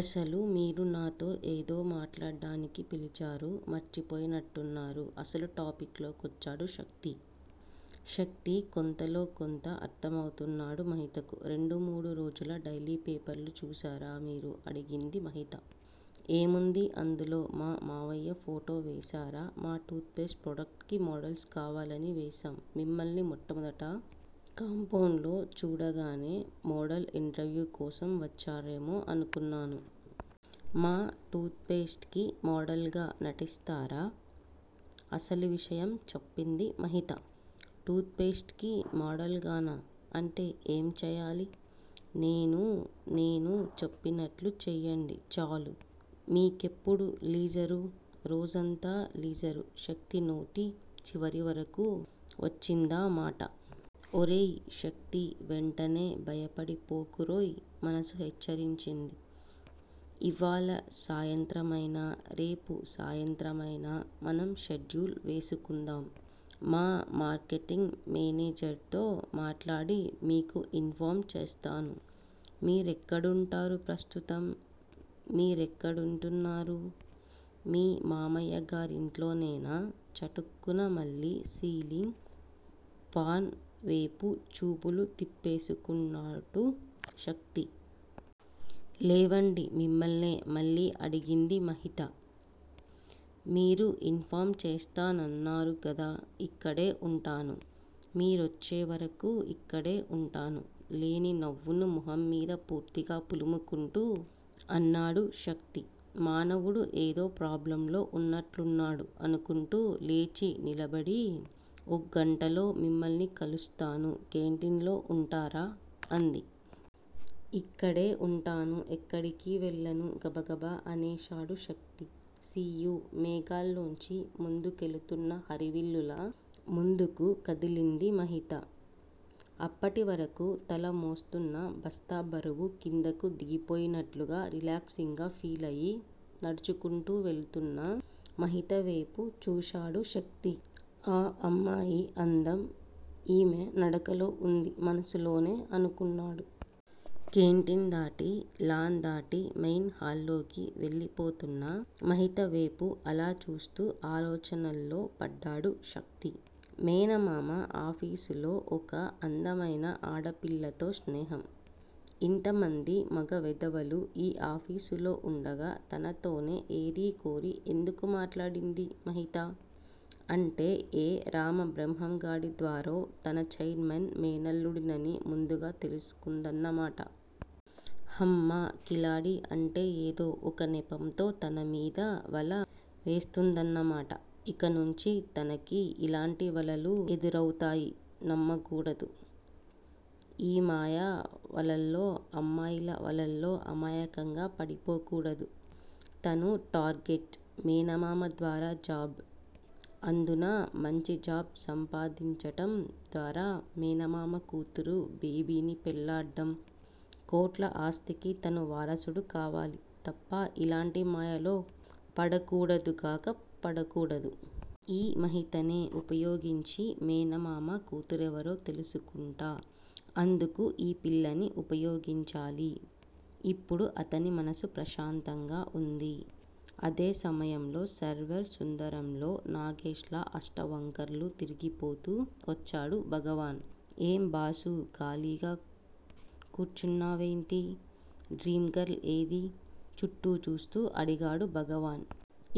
అసలు మీరు నాతో ఏదో మాట్లాడ్డానికి పిలిపించారు. మర్చిపోయినట్టున్నారు అసలు టాపిక్ లో కొచ్చాడు శక్తి. శక్తి కొంతలో, కొంత అర్థమౌతున్నాడు మహితకు. రెండు మూడు రోజుల డైలీ పేపర్లు చూసారా మీరు అడిగింది మహిత. ఏముంది అందులో మా మావయ్య ఫోటో వేసారా మా టూత్ పేస్ట్ ప్రొడక్ట్ కి మోడల్స్ కావాలని వేసాం మిమ్మల్ని- మొట్టమొదట కాంపౌండ్ లో చూడగానే, మోడల్ ఇంటర్వ్యూ కోసం వచ్చారేమో అనుకున్నాను. మా టూత్ పేస్ట్ కి మోడల్ గా నటిస్తారా? అసలు విషయం చెప్పింది మహిత. టూత్ పేస్ట్ కి మోడల్ గానా అంటే ఏం చేయాలి నేను నేను చెప్పినట్లు చెయ్యండి చాలు. మీకెప్పుడు లీజరు. రోజంతా లీజర్ శక్తి నోటి చివర వరకూ వచ్చిందా మాట. ఒరేయ్ శక్తీ వెంటనే బయటపడిపోకురోయ్ మనసు హెచ్చరించింది. ఇవాళ సాయంత్రమైనా, రేపు సాయంత్రమైనా మనం షెడ్యూల్ వేసుకుందాం. మా మార్కెటింగ్ మానేజర్ తో మాట్లాడి, మీకు ఇన్ ఫామ్ చేస్తాను. మీరెక్కడుంటారు ప్రస్తుతం మీరెక్కడుంటున్నారు. మీ మావయ్యగారింట్లోనేనా. చటుక్కున మళ్ళీ సీలింగ్ ఫాన్ వేపు చూపులు తిప్పేసుకున్నాడు శక్తి. ఏవండీ మిమ్మల్నే మళ్ళీ అడిగింది మహిత. మీరు ఇన్ ఫామ్ చేస్తానన్నారు గదా ఇక్కడే వుంటాను. మీరొచ్చే వరకూ ఇక్కడే ఉంటాను లేని నవ్వును మొహమ్మీద పూర్తిగా పులుముకుంటూ అన్నాడు శక్తి. మానవుడు ఏదో ప్రాబ్లమ్ లో ఉన్నట్లున్నాడు- అనుకుంటూ లేచి నిలబడి- ఒగ్గంటలో మిమ్మల్ని కలుస్తాను కేంటిన్లో వుంటారా అంది. ఇక్కడే వుంటాను. ఎక్కడికీ వెళ్ళను గబగబా అనేసాడు శక్తి. సీ-యూ మేఘాల్లోంచి ముందుకెళుతున్న హరివిల్లులా ముందుకు కదిలింది మహిత. అప్పటివరకూ తల మోస్తున్న బస్తా బరువు కిందకు దిగిపోయినట్లుగా రిలాక్సింగ్ గా ఫీలయి నడుచుకుంటూ వెళుతున్న మహితవేపు చూసాడు శక్తి. ఈ అమ్మాయి అందం, ఈమె నడకలో వుంది మనసులోనే అనుకున్నాడు. కేంటిన్ దాటి, లాన్ దాటి, మెయిన్ హాల్లోకి వెళ్ళిపోతున్న మహితవేపు అలా చూస్తూ ఆలోచనల్లో పడ్డాడు శక్తి. మేనమామ ఆఫీసులో ఒక అందమైన ఆడపిల్లతో స్నేహం. ఇంతమంది మగ వెధవలు ఈ ఆఫీసులో వుండగా, తనతోనే ఏరి కోరి ఎందుకు మాట్లాడింది మహిత? అంటే ఏ రామబ్రహ్మంగాడి ద్వారో, తన ఛైర్మెన్ మేనల్లుడినని ముందుగా తెలుసుకుందన్న మాట. హమ్మ కిలాడీ అంటే ఏదో ఒక నెపంతో తన మీద వల వేస్తుందన్న మాట. ఇక నుంచీ తనకి ఇలాంటి వలలు ఎదురౌతాయి నమ్మకూడదు. ఈ మాయ వలల్లో, అమ్మాయిల వలల్లో అమాయకంగా పడిపోకూడదు- తను టార్గెట్- మేనమామ ద్వారా జాబ్, అందునా మంచి జాబ్ సంపాదించటం, తర్వాత మేనమామ కూతురు బేబిని పెళ్లాడ్డం కోట్ల ఆస్తికి తను వారసుడు కావాలి తప్ప ఇలాంటి మాయలో పడకూడదుగాక- పడకూడదు. ఈ మహితనే ఉపయోగించి, మేనమామ కూతురెవరో తెలుసుకుంటా- అందుకు ఈ పిల్లని ఉపయోగించాలి. ఇప్పుడు, అతని మనసు ప్రశాంతంగా వుంది. అదే సమయంలో సర్వర్ సుందరంలో నాగేష్ లా అష్టవంకర్లు తిరిగిపోతూ వచ్చాడు భగవాన్. ఏం బాసూ- ఖాళీగా కూర్చున్నావేంటి. డ్రీమ్ గర్ల్ ఏదీ చుట్టూ చూస్తూ అడిగాడు భగవాన్.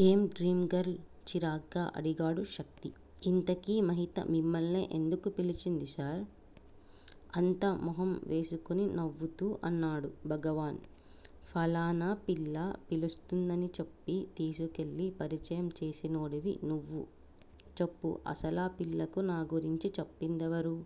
ఏం డ్రీమ్ గర్ల్ చిరాగ్గా అడిగాడు శక్తి. ఇంతకీ- మహిత, మిమ్మల్నే ఎందుకు పిలిచింది సార్ అంత మొహం చేసుకుని నవ్వుతూ అన్నాడు భగవాన్. ఫలానా పిల్ల పిలుస్తుందని చెప్పి, తీసుకెళ్ళి పరిచయం చేసినోడివి నువ్వు చెప్పు. అసలా పిల్లకు నాగురించి చెప్పిందెవరు